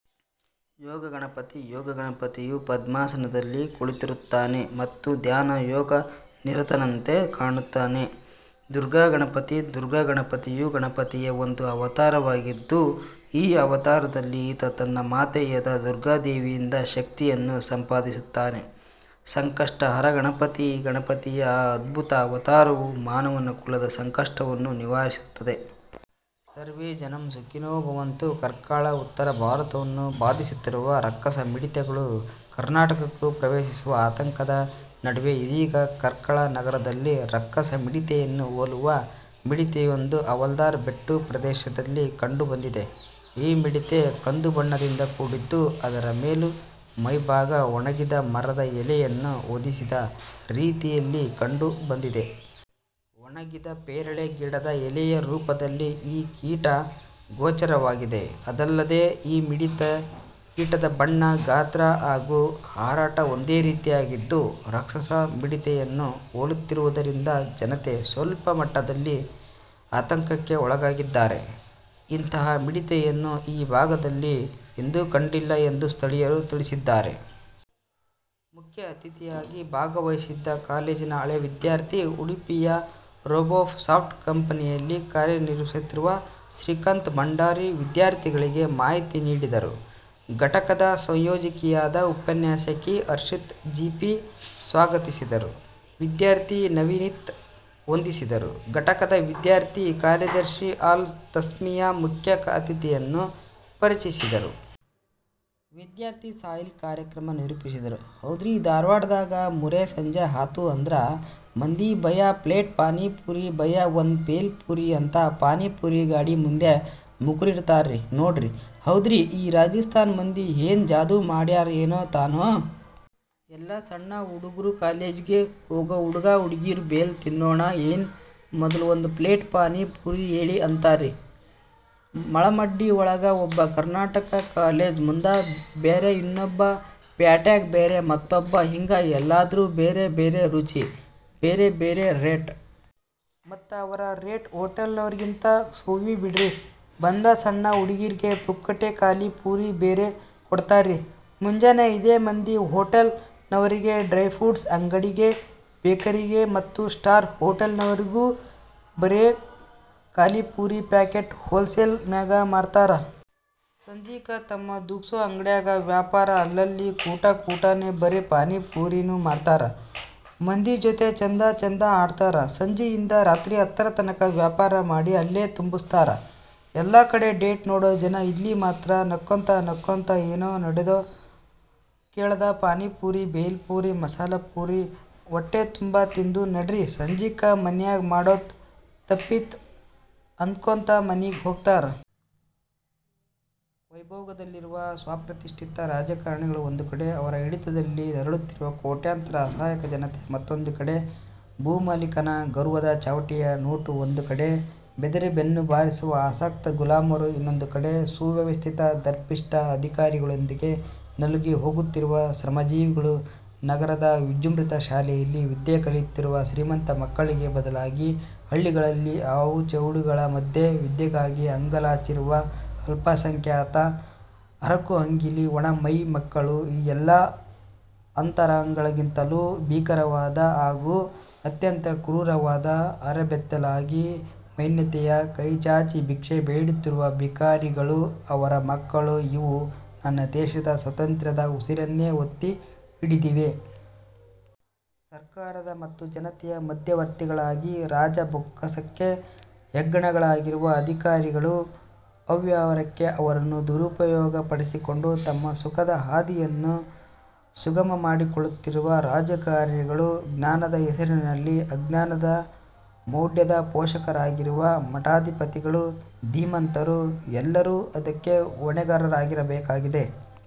ಯೋಗ ಗಣಪತಿ: ಯೋಗ ಗಣಪತಿಯು ಪದ್ಮಾಸನದಲ್ಲಿ ಕುಳಿತಿರುತ್ತಾನೆ ಮತ್ತು ಧ್ಯಾನ ಯೋಗ ನಿರತನಂತೆ ಕಾಣುತ್ತಾನೆ. ದುರ್ಗಾ ಗಣಪತಿ: ದುರ್ಗಾ ಗಣಪತಿಯು ಗಣಪತಿಯ ಒಂದು ಅವತಾರವಾಗಿದ್ದು, ಈ ಅವತಾರದಲ್ಲಿ ಈತ ತನ್ನ ಮಾತೆಯಾದ ದುರ್ಗಾ ದೇವಿಯಿಂದ ಶಕ್ತಿಗಳನ್ನು ಸಂಪಾದಿಸಿರುತ್ತಾನೆ. ಸಂಕಷ್ಟ ಹರ ಗಣಪತಿ: ಗಣಪತಿಯ ಈ ಅದ್ಭುತ ಅವತಾರವು ಮಾನವ ಕುಲದ ಸಂಕಷ್ಟಗಳನ್ನು ನಿವಾರಿಸುತ್ತದೆ. ಸರ್ವೇ ಜನಃ ಸುಖಿನೋ ಭವಂತು. ಕಾರ್ಕಳ: ಉತ್ತರ ಭಾರತವನ್ನು ಬಾಧಿಸುತ್ತಿರುವ ರಕ್ಕಸ ಮಿಡತೆಗಳು ಕರ್ನಾಟಕಕ್ಕೂ ಪ್ರವೇಶಿಸುವ ಆತಂಕದ ನಡುವೆ ಇದೀಗ ಕಾರ್ಕಳದ ನಗರದಲ್ಲಿ ರಕ್ಕಸ ಮಿಡತೆಯನ್ನೇ ಹೊಲುವ ಮಿಡತೆಯೊಂದು ಹವಾಲ್ದಾರ್ ಬೆಟ್ಟು ಪ್ರದೇಶದಲ್ಲಿ ಕಂಡು ಬಂದಿದೆ. ಈ ಮಿಡತೆ ಕಂದು ಬಣ್ಣದಿಂದ ಕೂಡಿದ್ದು ಅದರ ಮೇಲು ಮೈಭಾಗ ಒಣಗಿದ ಮರದ ಎಲೆಯನ್ನು ಹೊದಿಸಿದ ರೀತಿಯಲ್ಲಿ ಕಂಡು ಬಂದಿದೆ. ಒಣಗಿದ ಪೇರಳೆ ಗಿಡದ ಎಲೆಯ ರೂಪದಲ್ಲಿ ಈ ಕೀಟ ಗೋಚರವಾಗಿದೆ. ಅದಲ್ಲದೆ ಈ ಮಿಡತೆ ಕೀಟದ ಬಣ್ಣ ಗಾತ್ರ ಹಾಗೂ ಹಾರಾಟ ಒಂದೇ ರೀತಿಯಾಗಿದ್ದು ರಕ್ಷಸ ಮಿಡತೆಯನ್ನು ಹೋಲುತ್ತಿರುವುದರಿಂದ ಜನತೆ ಸ್ವಲ್ಪ ಮಟ್ಟದಲ್ಲಿ ಅತಂಕಕ್ಕೆ ಒಳಗಾಗಿದ್ದಾರೆ. ಇಂತಹ ಮಿಡತೆಯನ್ನು ಈ ಭಾಗದಲ್ಲಿ ಎಂದೂ ಕಂಡಿಲ್ಲ ಎಂದು ಸ್ಥಳೀಯರು ತಿಳಿಸಿದ್ದಾರೆ. ಮುಖ್ಯ ಅತಿಥಿಯಾಗಿ ಭಾಗವಹಿಸಿದ್ದ ಕಾಲೇಜಿನ ಹಳೆ ವಿದ್ಯಾರ್ಥಿ, ಉಡುಪಿಯ ರೋಬೋಸಾಫ್ಟ್ ಕಂಪೆನಿಯಲ್ಲಿ ಕಾರ್ಯ ನಿರ್ವಹಿಸುತ್ತಿರುವ ಶ್ರೀಕಾಂತ್ ಭಂಡಾರಿ ವಿದ್ಯಾರ್ಥಿಗಳಿಗೆ ಮಾಹಿತಿ ನೀಡಿದರು. ಘಟಕದ ಸಂಯೋಜಕಿಯಾದ ಉಪನ್ಯಾಸಕಿ ಹರ್ಷಿತಾ ಜಿ. ಪಿ. ಸ್ವಾಗತಿಸಿದರು. ವಿದ್ಯಾರ್ಥಿ ನವನೀತ್ ವಂದಿಸಿದರು. ಘಟಕದ ವಿದ್ಯಾರ್ಥಿ ಕಾರ್ಯದರ್ಶಿ ಅಲ್-ತಸ್ಮೀಯ ಮುಖ್ಯ ಅತಿಥಿಯನ್ನು ಪರಿಚಯಿಸಿದರು. ವಿದ್ಯಾರ್ಥಿ ಸಾಹಿಲ್ ಕಾರ್ಯಕ್ರಮ ನಿರೂಪಿಸಿದರು. ಹೌದ್ರೀ, ಧಾರವಾಡದಾಗ ಮೂರು ಸಂಜೆ ಆತು ಅಂದ್ರ ಮಂದಿ ಭಯ್ಯಾ ಪ್ಲೇಟ್ ಪಾನಿಪುರಿ. ಭಯ್ಯಾ ಒಂದು ಭೇಲ್ ಪುರಿ ಅಂತ ಪಾನಿಪುರಿ ಗಾಡಿ ಮುಂದ ಮುಕರಿರತಾರ ನೋಡ್ರಿ. ಹೌದ್ರೀ, ಆ ರಾಜಸ್ತಾನ ಮಂದಿ ಏನ ಜಾದೂ ಮಾಡ್ಯಾರೊ ಏನ ತಾನೋ. ಎಲ್ಲಾ ಸಣ್ಣ ಹುಡುಗರು ಕಾಲೇಜಗೆ ಹೋಗೂ ಹುಡುಗ ಹುಡುಗೀರೂ ಭೇಲ್ ತಿನ್ನೋಣ ಏನ್, ಮೊದಲ ಒಂದ ಪ್ಲೇಟ್ ಪಾನಿಪುರಿ ಹೇಳ ಅಂತಾರ್ರಿ. ಮಾಳಮಡ್ಡಿ ಒಳಗ ಒಬ್ಬವ, ಕರ್ನಾಟಕ ಕಾಲೇಜು ಮುಂದ ಬ್ಯಾರೆ ಇನ್ನೊಬ್ಬವ. ಪ್ಯಾಟ್ಯಾಗ ಬ್ಯಾರೆ ಮತ್ತೊಬ್ಬವ ಹಿಂಗ ಎಲ್ಲಾದರೂ ಬ್ಯಾರೆ ಬ್ಯಾರೆ ರುಚಿ, ಬ್ಯಾರೇ ಬ್ಯಾರೇ ರೇಟ. ಮತ್ತ ಅವರ ರೇಟ ಹೊಟೇಲನವರಿಗಿಂತ ಸೋವಿನ ಬಿಡ್ರಿ. ಬಂದ ಸಣ್ಣ ಹುಡುಗರಿಗೆ ಪುಕ್ಕಟ ಖಾಲಿ ಪುರಿ ಬ್ಯಾರೆ ಕೊಡತಾರ್ರಿ. ಮುಂಜಾನೆ ಇದ ಮಂದಿ ಹೊಟೇಲ್ ನವರಿಗೆ, ಡ್ರಯ್ ಫ್ರುಟ್ಸ್ ಅಂಗಡಿಗೆ, ಬೇಕರಿಗೆ ಮತ್ತ ಸ್ಟಾರ್ ಹೋಟೆಲ್ನನವರಿಗೂ ಬರೇ ಖಾಲಿಪುರಿ ಪ್ಯಾಕೆಟ್ ಹೋಲ್ ಸೇಲ್ ನ್ಯಾಗ ಮಾರತಾರ. ಸಂಜಿಕ ತಮ್ಮ ದೂಗಸು ಅಂಗಡ್ಯಾಗ ವ್ಯಾಪಾರ. ಅಲ್ಲಲ್ಲಿ ಕೂಟ ಕೂಟಗೆ ಬರೇ ಪಾನೀಪುರಿನೂ ಮಾರತಾರ. ಮಂದಿ ಜೊತೆ ಚೆಂದ ಚೆಂದ ಮಾತ ಆಡತಾರ. ಸಂಜೆಯಿಂದ ರಾತ್ರಿ ಹತ್ತರತನಕ ವ್ಯಾಪಾರ ಮಾಡಿ ಗಲ್ಲೆ ತುಂಬಸ್ತಾರ ಎಲ್ಲಾ ಕಡೆ ಡೇಟ್ ನೋಡೊ ಜನ ಅಲ್ಲಿ ಮಾತ್ರ ನಕ್ಕೊತ ನಕ್ಕೊತ ಏನೂ ನೋಡದ ಕೇಳದ ಪಾನಿಪುರಿ ಬೇಲ್ ಪುರಿ, ಮಸಾಲಾ ಪುರಿ, ಹೊಟ್ಟೆ ತುಂಬ ತಿಂದ ನಡ್ರೀ ಸಂಜೆಕ್ಕ ಮನ್ಯಾಗ ಮಾಡೂದ ತಪ್ಪಿತ ಅನ್ನಕೋತ ಮನಿಗೆ ಹೋಗತಾರ. ವೈಭೋಗದಲ್ಲಿರುವ ಸ್ವಪ್ರತಿಷ್ಟಿತ ರಾಜಕಾರಣಿಗಳು ಒಂದು ಕಡೆ, ಅವರ ಹಿಡಿತದಲ್ಲಿ ನರಳುತ್ತಿರುವ ಕೋಟ್ಯಾಂತರ ಅಸಹಾಯಕ ಜನತೆ ಮತ್ತೊಂದು ಕಡೆ; ಭೂಮಾಲೀಕನ ಗರ್ವದ ಚಾವಟಿಯ ನೋಟ ಒಂದು ಕಡೆ; ಬೆದರಿ ಬೆನ್ನು ಬಾಗಿಸಿರುವ ಅಶಕ್ತ ಗುಲಾಮರು ಇನ್ನೊಂದು ಕಡೆ; ಸುವ್ಯವಸ್ಥಿತ ದರ್ಪಿಷ್ಟ ಆಧಿಕಾರಿಗಳೊಂದಿಗೆ ನಲುಗಿ ಹೋಗುತ್ತಿರುವ ಶ್ರಮಜೀವಿಗಳು; ನಗರದ ವಿಜೃಂಭಿತ ಶಾಲೆಗಳಲ್ಲಿ ವಿದ್ಯೆ ಕಲಿಯುತ್ತಿರುವ ಶ್ರೀಮಂತ ಮಕ್ಕಳಿಗೆ ಬದಲಾಗಿ ಹಳ್ಳಿಗಳಲ್ಲಿ ಹಾವು ಚೇಳುಗಳ ಮಧ್ಯೆ ವಿದ್ಯೆಗಾಗಿ ಆಂಗಲಾಚಿರುವ ಆಸಂಖ್ಯಾತ ಹರಕಲಂಗಿಯ ಒಣ ಮೈಯ ಮಕ್ಕಳು; ಈ ಎಲ್ಲ ಅಂತರಗಳಿಗಿಂತಲೂ ಭೀಕರವಾದ ಹಾಗೂ ಅತ್ಯಂತ ಕ್ರೂರವಾದ, ಅರೆಬೆತ್ತಲಾಗಿ ದೈನ್ಯತೆಯ ಕೈಚಾಚಿ ಭಿಕ್ಷೆ ಬೇಡುತ್ತಿರುವ ಭಿಕಾರಿಗಳು, ಅವರ ಮಕ್ಕಳು; ಇವು ನನ್ನದೇಶದ ಸ್ವಾತಂತ್ರ್ಯದ ಉಸಿರನ್ನೇ ಒತ್ತಿ ಹಿಡಿದಿವೆ. ಸರ್ಕಾರದ ಮತ್ತು ಜನತೆಯ ಮಧ್ಯವರ್ತಿಗಳಾಗಿ ರಾಜ ಬೊಕ್ಕಸಕ್ಕೆ ಹೆಗ್ಗಣಗಳಾಗಿರುವ ಅಧಿಕಾರಿಗಳು, ಅವ್ಯವಹಾರಕ್ಕೆ ಅವರನ್ನು ದುರುಪಯೋಗ ಪಡಿಸಿಕೊಂಡು ತಮ್ಮ ಸುಖದ ಹಾದಿಯನ್ನು ಸುಗಮ ಮಾಡಿಕೊಳ್ಳುತ್ತಿರುವ ರಾಜಕಾರಣಿಗಳು, ಜ್ಞಾನದ ಹೆಸರಿನಲ್ಲಿ ಅಜ್ಞಾನದ ಮೌಢ್ಯದ ಪೋಷಕರಾಗಿರುವ ಮಠಾಧಿಪತಿಗಳು, ಧೀಮಂತರು ಎಲ್ಲರೂ ಇದಕ್ಕೆ ಹೊಣೆಗಾರರಾಗಬೇಕಾಗಿದೆ.